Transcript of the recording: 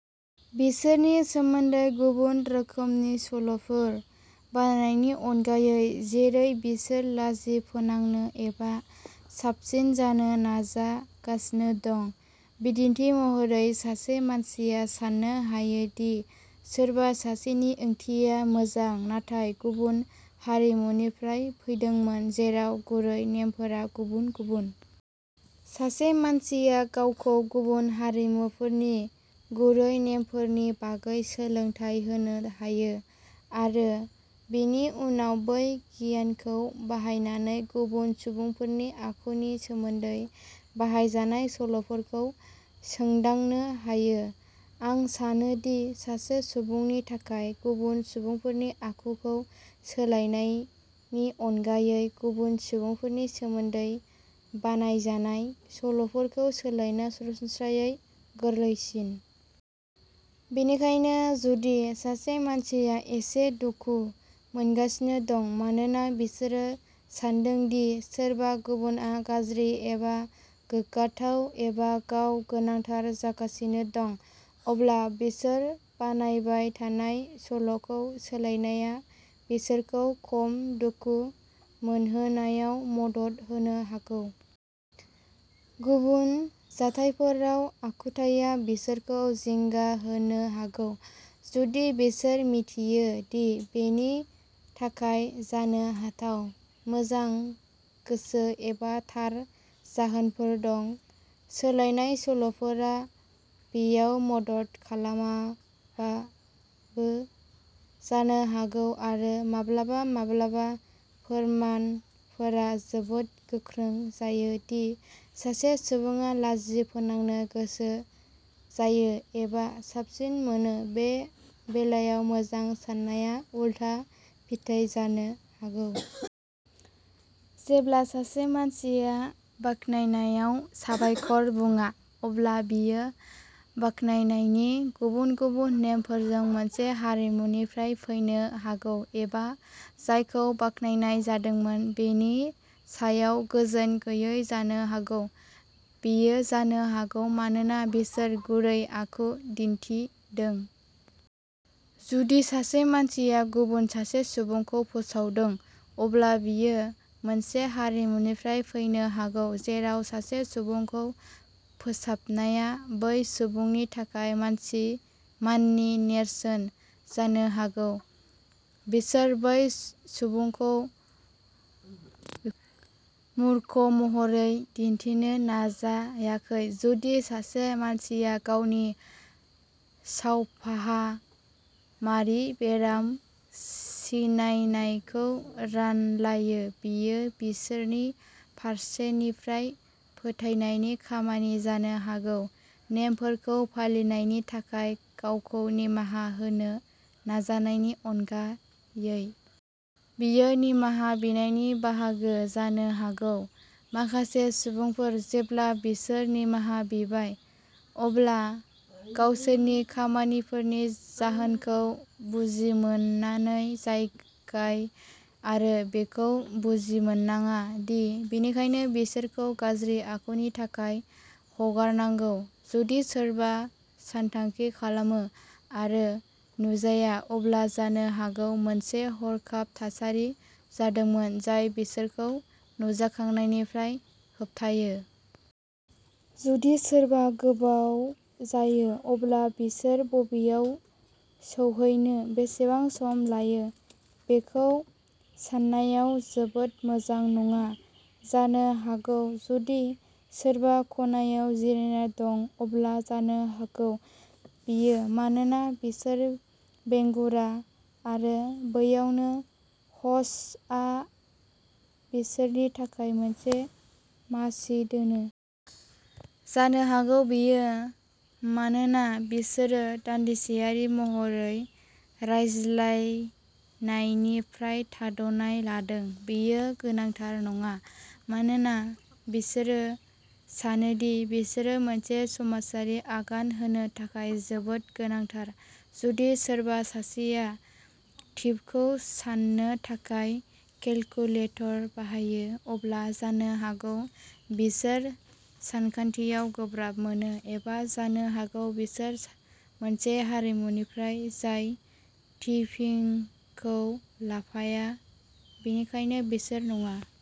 बिसोरनि सोमोन्दै गुबुन रोखोमनि सल'फोर बानायनायनि अनगायै, जेरै बिसोर लाजि फोनांनो एबा साबसिन जानो नाजागासिनो दं। बिदिन्थि महरै, सासे मानसिया साननो हायो दि सोरबा सासेनि ओंथिया मोजां नाथाय गुबुन हारिमुनिफ्राय फैदोंमोन जेराव गुरै नेमफोरा गुबुन गुबुन। सासे मानसिया गावखौ गुबुन हारिमुफोरनि गुरै नेमफोरनि बागै सोलोंथाय होनो हायो आरो बेनि उनाव बै गियानखौ बाहायनानै गुबुन सुबुंफोरनि आखुनि सोमोन्दै बानायजानाय सल'फोरखौ सोंदांनो हायो। आं सानो दि सासे सुबुंनि थाखाय गुबुन सुबुंफोरनि आखुखौ सोलायनायनि अनगायै गुबुन सुबुंफोरनि सोमोन्दै बानायजानाय सल'फोरखौ सोलायनाया सरासनस्रायै गोरलैसिन। बेनिखायनो जुदि सासे मानसिया एसे दुखु मोनगासिनो दं मानोना बिसोरो सान्दों दि सोरबा गुबुनआ गाज्रि एबा गोग्गाथाव एबा गाव गोनांथार जागासिनो दं, अब्ला बिसोर बानायबाय थानाय सल'खौ सोलायनाया बिसोरखौ खम दुखु मोनहोनायाव मदद होनो हागौ। गुबुन जाथायफोराव, आखुथाया बिसोरखौ जिंगा होनो हागौ, जुदि बिसोर मिथियो दि बेनि थाखाय जानो हाथाव मोजां गोसो एबा थार जाहोनफोर दं। सोलायनाय सल'फोरा बेयाव मदद खालामाबाबो जानो हागौ। आरो माब्लाबा माब्लाबा फोरमानफोरा जोबोद गोख्रों जायो दि सासे सुबुङा लाजि फोनांनो गोसो जायो एबा साबसिन मोनो, बे बेलायाव मोजां सान्नाया उलथा फिथाय जानो हागौ। जेब्ला सासे मानसिया बाख्नायनायाव "साबायखर" बुङा, अब्ला बियो बाख्नायनायनि गुबुन गुबुन नेमफोरजों मोनसे हारिमुनिफ्राय फैनो हागौ एबा जायखौ बाख्नायनाय जादोंमोन बेनि सायाव गोजोन गैयै जानो हागौ। बेयो जानो हागौ मानोना बिसोर गुरै आखु दिन्थिदों। जुदि सासे मानसिया गुबुन सासे सुबुंखौ फोसावदों, अब्ला बियो मोनसे हारिमुनिफ्राय फैनो हागौ जेराव सासे सुबुंखौ फोसाबनाया बै सुबुंनि थाखाय मानसि माननि नेरसोन। जानो हागौ बिसोर बै सुबुंखौ मूर्ख महरै दिन्थिनो नाजायाखै। जुदि सासे मानसिया गावनि सावफाहामारि बेराम सिनायनायखौ रानलायो, बेयो बिसोरनि फारसेनिफ्राय फोथायनायनि खामानि जानो हागौ, नेमफोरखौ फालिनायनि थाखाय गावखौ निमाहा होनो नाजानायनि अनगायै। बेयो निमाहा बिनायनि बाहागो जानो हागौ। माखासे सुबुंफोर, जेब्ला बिसोर निमाहा बिबाय, अब्ला गावसोरनि खामानिफोरनि जाहोनखौ बुजिमोननानै जागाय, आरो बेखौ बुजिमोननाङा दि बेनिखायनो बिसोरखौ गाज्रि आखुनि थाखाय हगारनांगौ। जुदि सोरबा सानथांखि खालामो आरो नुजाया, अब्ला जानो हागौ मोनसे हरखाब थासारि जादोंमोन जाय बिसोरखौ नुजाखांनायनिफ्राय होबथायो। जुदि सोरबा गोबाव जायो, अब्ला बिसोर बबेयाव सौहैनो बेसेबां सम लायो बेखौ सान्नायाव जोबोद मोजां नङा जानो हागौ। जुदि सोरबा खनायाव जिरायना दं, अब्ला जानो हागौ बेयो मानोना बिसोर बेंगुरा आरो बैयावनो ह'स्टआ बिसोरनि थाखाय मोनसे मासि दोनो। जानो हागौ बेयो मानोना बिसोरो दानदिसेयारि महरै रायज्लायनायनिफ्राय थाद'नाय लादों। बेयो गोनांथार नङा मानोना बिसोरो सानो दि बिसोरो मोनसे समाजारि आगान होनो थाखाय जोबोद गोनांथार। जुदि सोरबा सासेया टिपखौ साननो थाखाय केलकुलेटर बाहायो, अब्ला जानो हागौ बिसोर सानखान्थियाव गोब्राब मोनो, एबा जानो हागौ बिसोर मोनसे हारिमुनिफ्राय जाय टिपिंखौ लाफाया, बेनिखायनो बिसोर नङा।